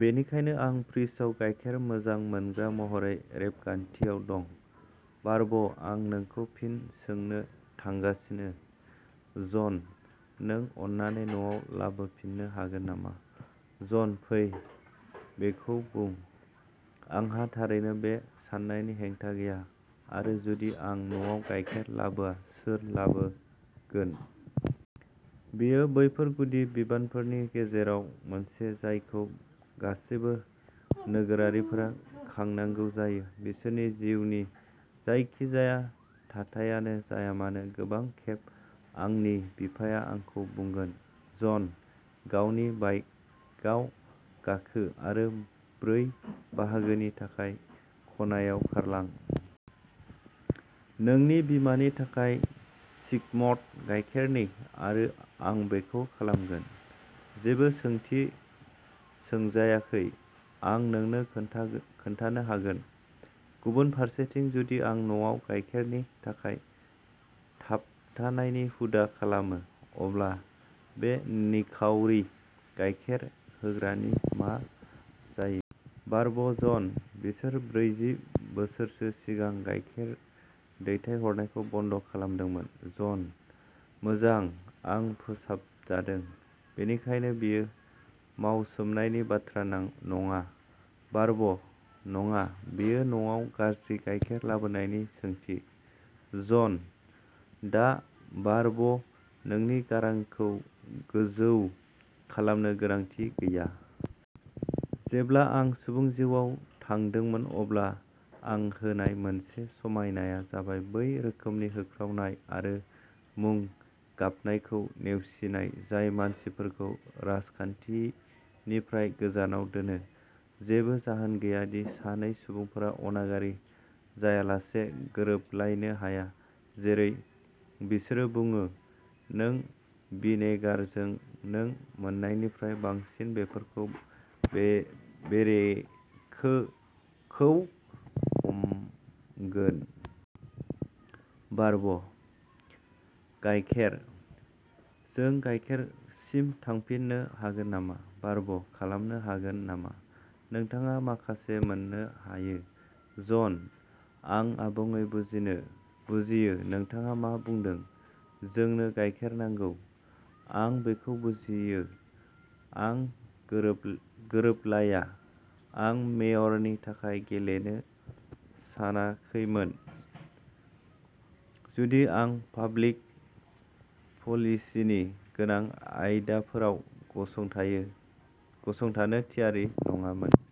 बेनिखायनो आं फ्रिजआव गाइखेर मोजां मोनग्रा महरै रेबगान्थियाव दं। बार्ब आं नोंखौ फिन सोंनो थांगासिनो, जन। नों अन्नानै न'आव लाबोफिननो हागोन नामा? जन फै, बेखौ बुं। आंहा थारैनो बे साननायनि हेंथा गैया। आरो जुदि आं न'आव गाइखेर लाबोआ, सोर लाबोगोन? बेयो बैफोर गुदि बिबानफोरनि गेजेराव मोनसे जायखौ गासैबो नोगोरारिफोरा खांनांगौ जायो, बिसोरनि जिउनि जायखिजाया थाथायानो जाया मानो। गोबां खेब आंनि बिफाया आंखौ बुंगोन, जन, गावनि बाइकाव गाखो आरो ब्रै बाहागोनि थाखाय खनायाव खारलां। नोंनि बिमानि थाखाय स्किम्ड गाइखेरनि आरो आं बेखौ खालामगोन, जेबो सोंथि सोंजायाखै, आं नोंनो खोन्थानो हागोन। गुबुन फारसेथिं, जुदि आं न'आव गाइखेरनि थाखाय थाबथानायनि हुदा खालामो, अब्ला बे निखावरि गाइखेर होग्रानि मा जायो? बार्ब जन, बिसोर ब्रैजि बोसोरसो सिगां गाइखेर दैथायहरनायखौ बन्द खालामदोंमोन। जनः मोजां आं फोसाबजादों। बेनिखायनो बेयो मावसोमनायनि बाथ्रा नङा। बार्बः नङा, बेयो न'आव गाज्रि गायखेर लाबोनायनि सोंथि। जनः दा, बार्ब, नोंनि गारांखौ गोजौ खालामनो गोनांथि गैया। जेब्ला आं सुबुं जिउआव थांदोंमोन, अब्ला आं होनाय मोनसे समायनाया जाबाय बै रोखोमनि होख्रावनाय आरो मुं-गाबनायखौ नेवसिनाय जाय मानसिफोरखौ राजखान्थिनिफ्राय गोजानाव दोनो। जेबो जाहोन गैया दि सानै सुबुंफोरा अनागारि जायालासे गोरोबलायनो हाया। जेरै बिसोरो बुङो, नों भिनेगारजों नों मोन्नायनिफ्राय बांसिन बेरे बेरेफोरजों बेरेखौ हमगोन। बार्बः गायखेर। जों गाइखेरसिम थांफिननो हागोन नामा? बार्ब: खालामनो हागोन नामा, नोंथाङा माखासे मोननो हायो? जनः आं आबुङै बुजियो नोंथाङा मा बुंदों। जोंनो गायखेर नांगौ। आं बेखौ बुजियो। आं गोरोबलाया। आं मेयरनि थाखाय गेलेनो सानाखैमोन जुदि आं पाब्लिक पलिसीनि गोनां आयदाफोराव गसंथानो थियारि नङामोन।